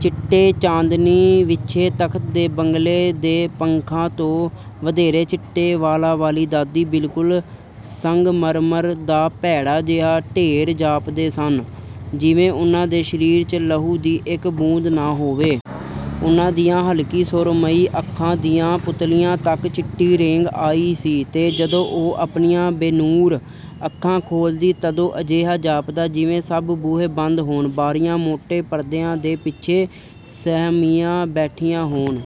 ਚਿੱਟੇ ਚਾਂਦਨੀ ਵਿਛੇ ਤਖ਼ਤ 'ਤੇ ਬਗਲੇ ਦੇ ਪੰਖਾਂ ਤੋਂ ਵਧੇਰੇ ਚਿੱਟੇ ਵਾਲਾਂ ਵਾਲੀ ਦਾਦੀ ਬਿਲਕੁਲ ਸੰਗਮਰਮਰ ਦਾ ਭੈੜਾ ਜਿਹਾ ਢੇਰ ਜਾਪਦੇ ਸਨ, ਜਿਵੇਂ ਉਨ੍ਹਾਂ ਦੇ ਸਰੀਰ 'ਚ ਲਹੂ ਦੀ ਇੱਕ ਬੂੰਦ ਨਾ ਹੋਵੇ। ਉਨ੍ਹਾਂ ਦੀਆਂ ਹਲਕੀ ਸੁਰਮਈ ਅੱਖਾਂ ਦੀਆਂ ਪੁਤਲੀਆਂ ਤੱਕ ਚਿੱਟੀ ਰੇਂਘ ਆਈ ਸੀ ਤੇ ਜਦੋਂ ਉਹ ਆਪਣੀਆਂ ਬੇਨੂਰ ਅੱਖਾਂ ਖੋਲ੍ਹਦੀ, ਤਦੋਂ ਅਜਿਹਾ ਜਾਪਦਾ, ਜਿਵੇਂ ਸਭ ਬੂਹੇ ਬੰਦ ਹੋਣ। ਬਾਰੀਆਂ ਮੋਟੇ ਪਰਦਿਆਂ ਦੇ ਪਿੱਛੇ ਸਹਿਮੀਆਂ ਬੈਠੀਆਂ ਹੋਣ।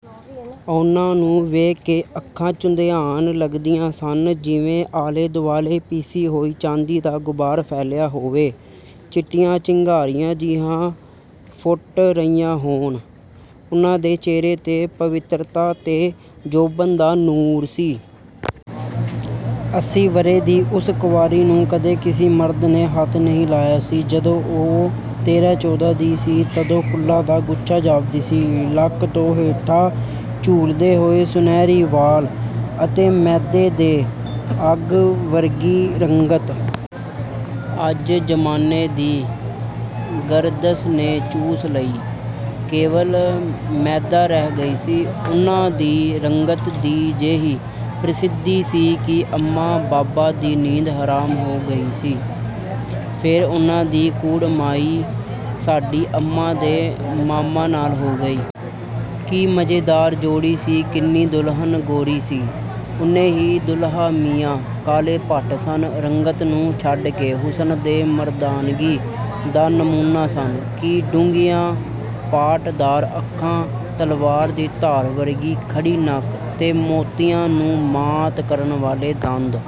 ਉਨ੍ਹਾਂ ਨੂੰ ਵੇਖ ਕੇ ਅੱਖਾਂ ਚੁੰਧਿਆਣ ਲੱਗਦੀਆਂ ਸਨ, ਜਿਵੇਂ ਆਲੇ-ਦੁਆਲੇ ਪਿਸੀ ਹੋਈ ਚਾਂਦੀ ਦਾ ਗੁਬਾਰ ਫੈਲਿਆ ਹੋਵੇ। ਚਿੱਟੀਆਂ ਚਿੰਗਾਰੀਆਂ ਜਿਹੀਆਂ ਫੁੱਟ ਰਹੀਆਂ ਹੋਣ। ਉਨ੍ਹਾਂ ਦੇ ਚਿਹਰੇ 'ਤੇ ਪਵਿੱਤਰਤਾ ਤੇ ਜੋਬਨ ਦਾ ਨੂਰ ਸੀ। ਅੱਸੀ ਵਰ੍ਹੇ ਦੀ ਉਸ ਕੁਆਰੀ ਨੂੰ ਕਦੇ ਕਿਸੇ ਮਰਦ ਨੇ ਹੱਥ ਨਹੀਂ ਲਾਇਆ ਸੀ। ਜਦੋਂ ਉਹ ਤੇਰਾ-ਚੋਦ੍ਹਾ ਦੀ ਸੀ, ਤਦੋਂ ਫੁੱਲਾਂ ਦਾ ਗੁੱਛਾ ਜਾਪਦੀ ਸੀ। ਲੱਕ ਤੋਂ ਹੇਠਾਂ ਝੂਲਦੇ ਹੋਏ ਸੁਨਹਿਰੀ ਵਾਲ ਅਤੇ ਮੈਦੇ 'ਤੇ ਅੱਗ ਵਰਗੀ ਰੰਗਤ। ਅੱਜ ਜ਼ਮਾਨੇ ਦੀ ਗਰਦਿਸ਼ ਨੇ ਚੂਸ ਲਈ। ਕੇਵਲ ਮੈਦਾ ਰਹਿ ਗਈ ਸੀ। ਉਨ੍ਹਾਂ ਦੀ ਰੰਗਤ ਦੀ ਜਿਹੀ ਪ੍ਰਸਿੱਧੀ ਸੀ ਕਿ ਅੰਮਾ ਬਾਬਾ ਦੀ ਨੀਂਦ ਹਰਾਮ ਹੋ ਗਈ ਸੀ। ਫਿਰ ਉਨ੍ਹਾਂ ਦੀ ਕੁੜਮਾਈ ਸਾਡੀ ਅੰਮਾ ਦੇ ਮਾਮਾ ਨਾਲ ਹੋ ਗਈ। ਕੀ ਮਜ਼ੇਦਾਰ ਜੋੜੀ ਸੀ। ਕਿੰਨੀ ਦੁਲਹਨ ਗੋਰੀ ਸੀ, ਉਨੇ ਹੀ ਦੁਲਹਾ ਮੀਆਂ ਕਾਲੇ ਭੱਟ ਸਨ। ਰੰਗਤ ਨੂੰ ਛੱਡ ਕੇ ਹੁਸਨ ਤੇ ਮਰਦਾਨਗੀ ਦਾ ਨਮੂਨਾ ਸਨ। ਕੀ ਡੂੰਘੀਆਂ ਪਾਟਦਾਰ ਅੱਖਾਂ। ਤਲਵਾਰ ਦੀ ਧਾਰ ਵਰਗੀ ਖੜ੍ਹੀ ਨੱਕ ਤੇ ਮੋਤੀਆਂ ਨੂੰ ਮਾਤ ਕਰਨ ਵਾਲੇ ਦੰਦ।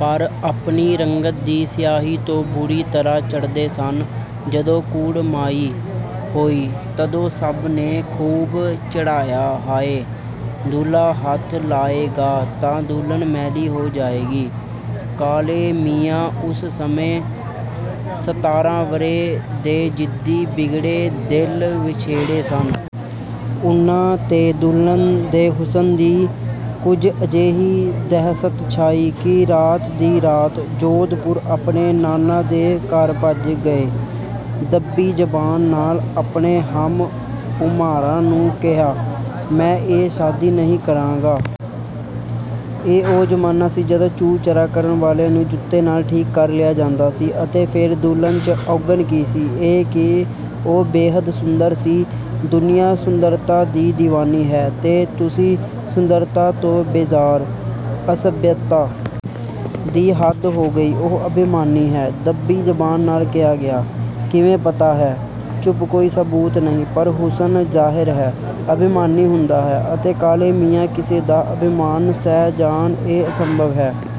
ਪਰ ਆਪਣੀ ਰੰਗਤ ਦੀ ਸਿਆਹੀ ਤੋਂ ਬੁਰੀ ਤਰ੍ਹਾਂ ਚਿੜ੍ਹਦੇ ਸਨ। ਜਦੋਂ ਕੁੜਮਾਈ ਹੋਈ, ਤਦੋਂ ਸਭ ਨੇ ਖੂਬ ਚਿੜ੍ਹਾਇਆ 'ਹਾਏ! ਦੂਲਹਾ ਹੱਥ ਲਗਾਏਗਾ ਤਾਂ ਦੁਲਹਨ ਮੈਲੀ ਹੋ ਜਾਵੇਗੀ।' ਕਾਲੇ ਮੀਆਂ ਉਸ ਸਮੇਂ ਸਤਾਰ੍ਹਾਂ ਵਰ੍ਹੇ ਦੇ ਜ਼ਿੱਦੀ, ਬਿਗੜੇ ਦਿਲ ਵਛੇੜੇ ਸਨ। ਉਨ੍ਹਾਂ 'ਤੇ ਦੁਲਹਨ ਦੇ ਹੁਸਨ ਦੀ ਕੁਝ ਅਜਿਹੀ ਦਹਿਸ਼ਤ ਛਾਈ ਕਿ ਰਾਤ ਦੀ ਰਾਤ ਜੋਧਪੁਰ ਆਪਣੇ ਨਾਨਾ ਦੇ ਘਰ ਭੱਜ ਗਏ। ਦੱਬੀ ਜ਼ਬਾਨ ਨਾਲ ਆਪਣੇ ਹਮ-ਉਮਰਾਂ ਨੂੰ ਕਿਹਾ, 'ਮੈਂ ਇਹ ਸ਼ਾਦੀ ਨਹੀਂ ਕਰਾਂਗਾ।' ਇਹ ਉਹ ਜ਼ਮਾਨਾ ਸੀ, ਜਦੋਂ ਚੂੰ-ਚਰਾਂ ਕਰਨ ਵਾਲਿਆਂ ਨੂੰ ਜੁੱਤੇ ਨਾਲ ਠੀਕ ਕਰ ਲਿਆ ਜਾਂਦਾ ਸੀ। ਅਤੇ ਫਿਰ ਦੁਲਹਨ 'ਚ ਅਵਗੁਣ ਕੀ ਸੀ? ਇਹੀ ਕਿ ਉਹ ਬੇਹੱਦ ਸੁੰਦਰ ਸੀ। ਦੁਨੀਆ ਸੁੰਦਰਤਾ ਦੀ ਦੀਵਾਨੀ ਹੈ ਤੇ ਤੁਸੀਂ ਸੁੰਦਰਤਾ ਤੋਂ ਬੇਜ਼ਾਰ। ਅਸੱਭਿਅਤਾ ਦੀ ਹੱਦ ਹੋ ਗਈ। 'ਉਹ ਅਭਿਮਾਨੀ ਹੈ।' ਦੱਬੀ ਜ਼ਬਾਨ ਨਾਲ ਕਿਹਾ ਗਿਆ। 'ਕਿਵੇਂ ਪਤਾ ਹੈ?' ਚੁੱਪ! ਕੋਈ ਸਬੂਤ ਨਹੀਂ, ਪਰ ਹੁਸਨ, ਜ਼ਾਹਰ ਹੈ, ਅਭਿਮਾਨੀ ਹੁੰਦਾ ਹੈ। ਅਤੇ ਕਾਲੇ ਮੀਆਂ ਕਿਸੇ ਦਾ ਅਭਿਮਾਨ ਸਹਿ ਜਾਣ ਇਹ ਅਸੰਭਵ ਹੈ।